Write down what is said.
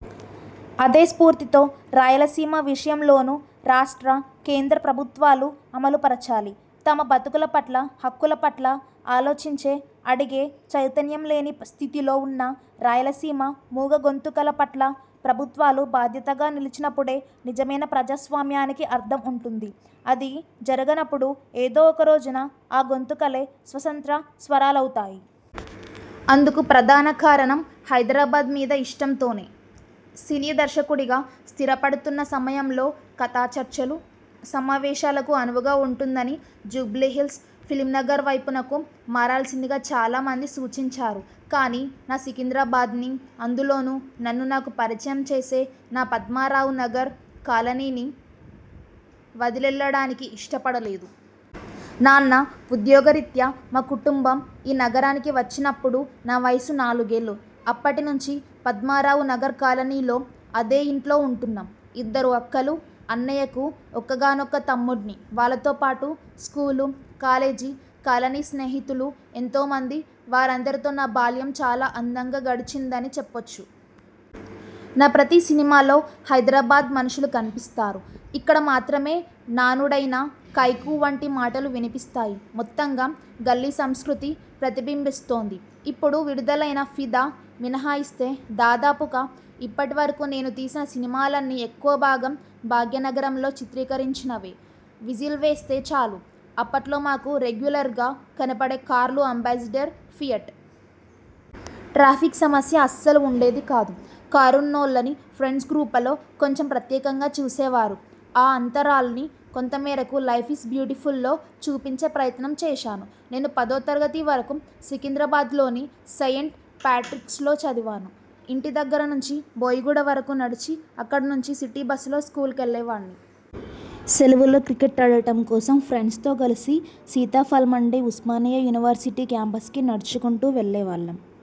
అదే స్ఫూర్తితో రాయలసీమ విషయంలోను రాష్ట్ర కేంద్ర ప్రభుత్వాలు అమలుపరచాలి. తమ బతుకుల పట్ల, హక్కుల పట్ల ఆలోచించే; అడిగే చైతన్యంలేని స్థితిలో ఉన్న రాయలసీమ మూగ గొంతుకల పట్ల ప్రభుత్వాలు బాధ్యతగా నిలిచినపుడే నిజమైన ప్రజాస్వామ్యానికి అర్థం ఉంటుంది. అది జరగనపుడు ఏదో ఒకరోజున ఆ గొంతుకలే స్వతంత్ర స్వరాలవుతాయి. అందుకు ప్రధాన కారణం హైదరాబాద్ మీద ఇష్టంతోనే. సినీ దర్శకుడిగా స్థిరపడుతున్న సమయంలో కథాచర్చలు, సమావేశాలకు అనువుగా ఉంటుందని జూబ్లీహిల్స్, ఫిల్మ్నగర్వైపునకు మారాల్సిందిగా చాలా మంది సూచించారు. కానీ నా సికింద్రాబాద్ని, అందులోనూ నన్ను నాకు పరిచయం చేసే నా పద్మారావునగర్ కాలనీ ని వదిలెళ్లడానికి ఇష్టపడలేదు. నాన్న ఉద్యోగరీత్యా మా కుటుంబం ఈ నగరానికి వచ్చినప్పుడు నా వయస్సు నాలుగేళ్లు. అప్పటి నుంచి పద్మారావునగర్కాలనీలో, అదే ఇంట్లో ఉంటున్నాం. ఇద్దరు అక్కలు, అన్నయ్యకు ఒక్కగానొక్క తమ్ముడ్ని. వాళ్లతోపాటు, స్కూలు, కాలేజీ, కాలనీ స్నేహితులు ఎంతో మంది. వారందరితో నా బాల్యం చాలా అందంగా గడిచిందని చెప్పొచ్చు. నా ప్రతి సినిమాలో హైదరాబాద్ మనుషులు కనిపిస్తారు. ఇక్కడ మాత్రమే నానుడైన ''కైకు''వంటి మాటలు వినిపిస్తాయి. మొత్తంగా గల్లీ సంస్కృతి ప్రతిబింబిస్తోంది. ఇప్పుడు విడుదలైన ''ఫిదా'' మినహాయిస్తే, దాదాపుగా ఇప్పటి వరకు నేను తీసిన సినిమాలన్నీ ఎక్కువభాగం భాగ్యనగరంలో చిత్రీకరించినవే. విజిల్వేస్తే చాలు అప్పట్లో మాకు రెగ్యులర్గా కనపడే కార్లు అంబాసిడర్, ఫియట్. ట్రాఫిక్ సమస్య అస్సలు ఉండేదికాదు. కారున్నోళ్లని ఫ్రెండ్స్గ్రూ్పలో కొంచెం ప్రత్యేకంగా చూసేవారు. ఆ అంతరాల్ని కొంతమేరకు ''లైఫ్ఈజ్ బ్యూటీఫుల్'' లో చూపించే ప్రయత్నం చేశాను. నేను పదోతరగతి వరకూ సికింద్రాబాద్లోని సెయింట్ పాట్రిక్స్లో చదివాను. ఇంటిదగ్గర నుంచి బోయిగూడ వరకూ నడిచి, అక్కడ నుంచి సిటీబస్సులో స్కూలుకెళ్లేవాడ్ని. సెలవుల్లో క్రికెట్ ఆడటం కోసం ఫ్రెండ్స్తో కలిసిసీతాఫల్మండీ, ఉస్మానియా యూనివర్సిటీ క్యాంప్సకి నడుచుకుంటూ వెళ్లేవాళ్లం.